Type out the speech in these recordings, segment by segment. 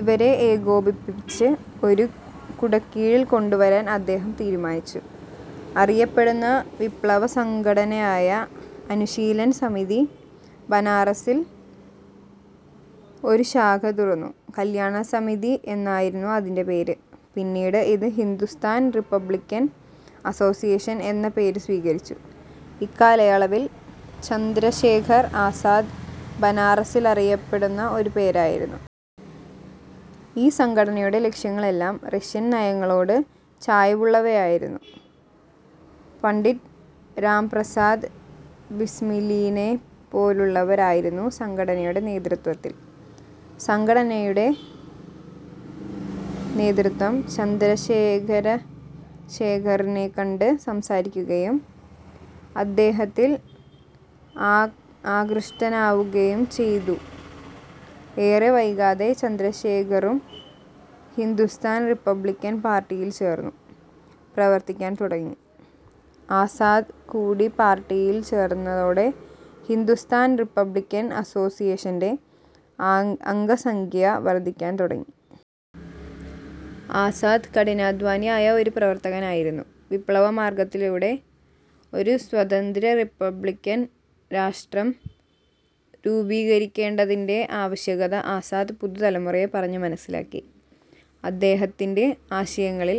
ഇവരെ ഏകോപിപ്പിച്ച് ഒരു കുടക്കീഴിൽ കൊണ്ടുവരാൻ അദ്ദേഹം തീരുമാനിച്ചു. അറിയപ്പെടുന്ന വിപ്ലവസംഘടനയായ അനുശീലൻ സമിതി, ബനാറസിൽ ഒരു ശാഖ തുറന്നു. കല്യാണ സമിതി എന്നായിരുന്നു അതിന്റെ പേര്. പിന്നീട് ഇത് ഹിന്ദുസ്ഥാൻ റിപ്പബ്ലിക്കൻ അസ്സോസിയേഷൻ എന്ന പേരു സ്വീകരിച്ചു. ഇക്കാലയളവിൽ ചന്ദ്രശേഖർ ആസാദ് ബനാറസിൽ അറിയപ്പെടുന്ന ഒരു പേരായിരുന്നു. ഈ സംഘടനയുടെ ലക്ഷ്യങ്ങളെല്ലാം റഷ്യൻ നയങ്ങളോട് ചായ്വുള്ളവയായിരുന്നു. പണ്ഡിറ്റ് രാംപ്രസാദ് ബിസ്മിലിനെപ്പോലുള്ളവരായിരുന്നു സംഘടനയുടെ നേതൃത്വത്തിൽ. സംഘടനയുടെ നേതൃത്വം ചന്ദ്രശേഖറിനെകണ്ട് സംസാരിക്കുകയും അദ്ദേഹത്തിൽ ആകൃഷ്ടനാവുകയുംചെയ്തു. ഏറെ വൈകാതെ ചന്ദ്രശേഖറും ഹിന്ദുസ്ഥാൻ റിപ്പബ്ലിക്കൻ പാർട്ടിയിൽ ചേർന്നു പ്രവർത്തിക്കാൻ തുടങ്ങി. ആസാദ് കൂടി പാർട്ടിയിൽ ചേർന്നതോടെ ഹിന്ദുസ്ഥാൻ റിപ്പബ്ലിക്കൻ അസ്സോസ്സിയേഷന്റെ അംഗസംഖ്യ വർദ്ധിക്കാൻ തുടങ്ങി. ആസാദ് കഠിനാധ്വാനിയായ ഒരു പ്രവർത്തകനായിരുന്നു. വിപ്ലവമാർഗ്ഗത്തിലൂടെ ഒരു സ്വതന്ത്ര റിപ്പബ്ലിക്കൻ രാഷ്ട്രം രൂപീകരിക്കേണ്ടതിന്റെ ആവശ്യകത ആസാദ് പുതു തലമുറയെ പറഞ്ഞു മനസ്സിലാക്കി. അദ്ദേഹത്തിന്റെ ആശയങ്ങളിൽ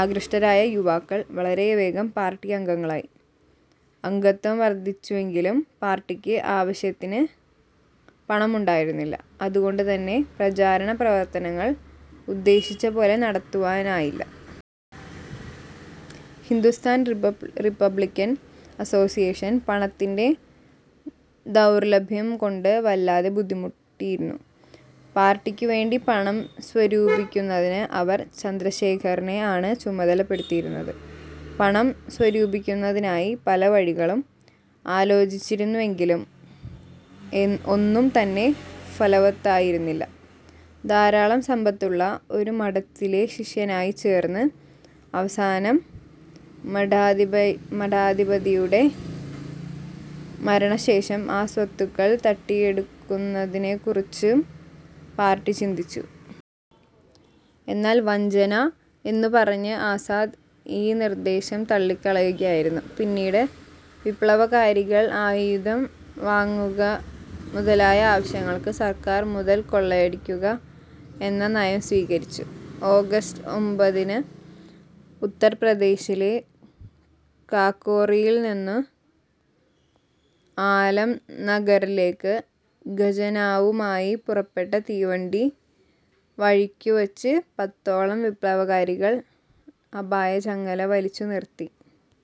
ആകൃഷ്ടരായ യുവാക്കൾ വളരെ വേഗം പാർട്ടി അംഗങ്ങളായി. അംഗത്വം വർദ്ധിച്ചുവെങ്കിലും, പാർട്ടിക്ക് ആവശ്യത്തിന് പണം ഉണ്ടായിരുന്നില്ല. അതുകൊണ്ടു തന്നെ പ്രചാരണപ്രവർത്തനങ്ങൾ ഉദ്ദേശിച്ചപോലെ നടത്തുവാനായില്ല. ഹിന്ദുസ്ഥാൻ റിപ്പബ്ലിക്കൻ അസ്സോസ്സിയേഷൻ പണത്തിന്റെ ദൗർലഭ്യം കൊണ്ട് വല്ലാതെ ബുദ്ധിമുട്ടിയിരുന്നു. പാർട്ടിക്കുവേണ്ടി പണം സ്വരൂപിക്കുന്നതിന് അവർ ചന്ദ്രശേഖറിനെ ആണ് ചുമതലപ്പെടുത്തിയിരുന്നത്. പണം സ്വരൂപിക്കുന്നതിനായി പല വഴികളും ആലോചിച്ചിരുന്നുവെങ്കിലും ഒന്നും തന്നെ ഫലവത്തായിരുന്നില്ല. ധാരാളം സമ്പത്തുള്ള ഒരു മഠത്തിലെ ശിഷ്യനായി ചേർന്ന് അവസാനം മഠാധിപതിയുടെ മരണശേഷം ആ സ്വത്തുക്കൾ തട്ടിയെടുക്കുന്നതിനെക്കുറിച്ചും പാർട്ടി ചിന്തിച്ചു. എന്നാൽ വഞ്ചന എന്നു പറഞ്ഞ് ആസാദ് ഈ നിർദ്ദേശം തള്ളിക്കളയുകയായിരുന്നു. പിന്നീട്, വിപ്ലവകാരികൾ ആയുധം വാങ്ങുക മുതലായ ആവശ്യങ്ങൾക്ക് സർക്കാർ മുതൽ കൊള്ളയടിക്കുക എന്ന നയം സ്വീകരിച്ചു. ഓഗസ്റ്റ് ഒൻപതിന് ഉത്തർപ്രദേശിലെ കാക്കോറിയിൽ നിന്ന് ആലം നഗറിലേക്ക് ഖജനാവുമായി പുറപ്പെട്ട തീവണ്ടി വഴിക്കു വച്ച് പത്തോളം വിപ്ലവകാരികൾ അപായ ചങ്ങല വലിച്ച് നിർത്തി.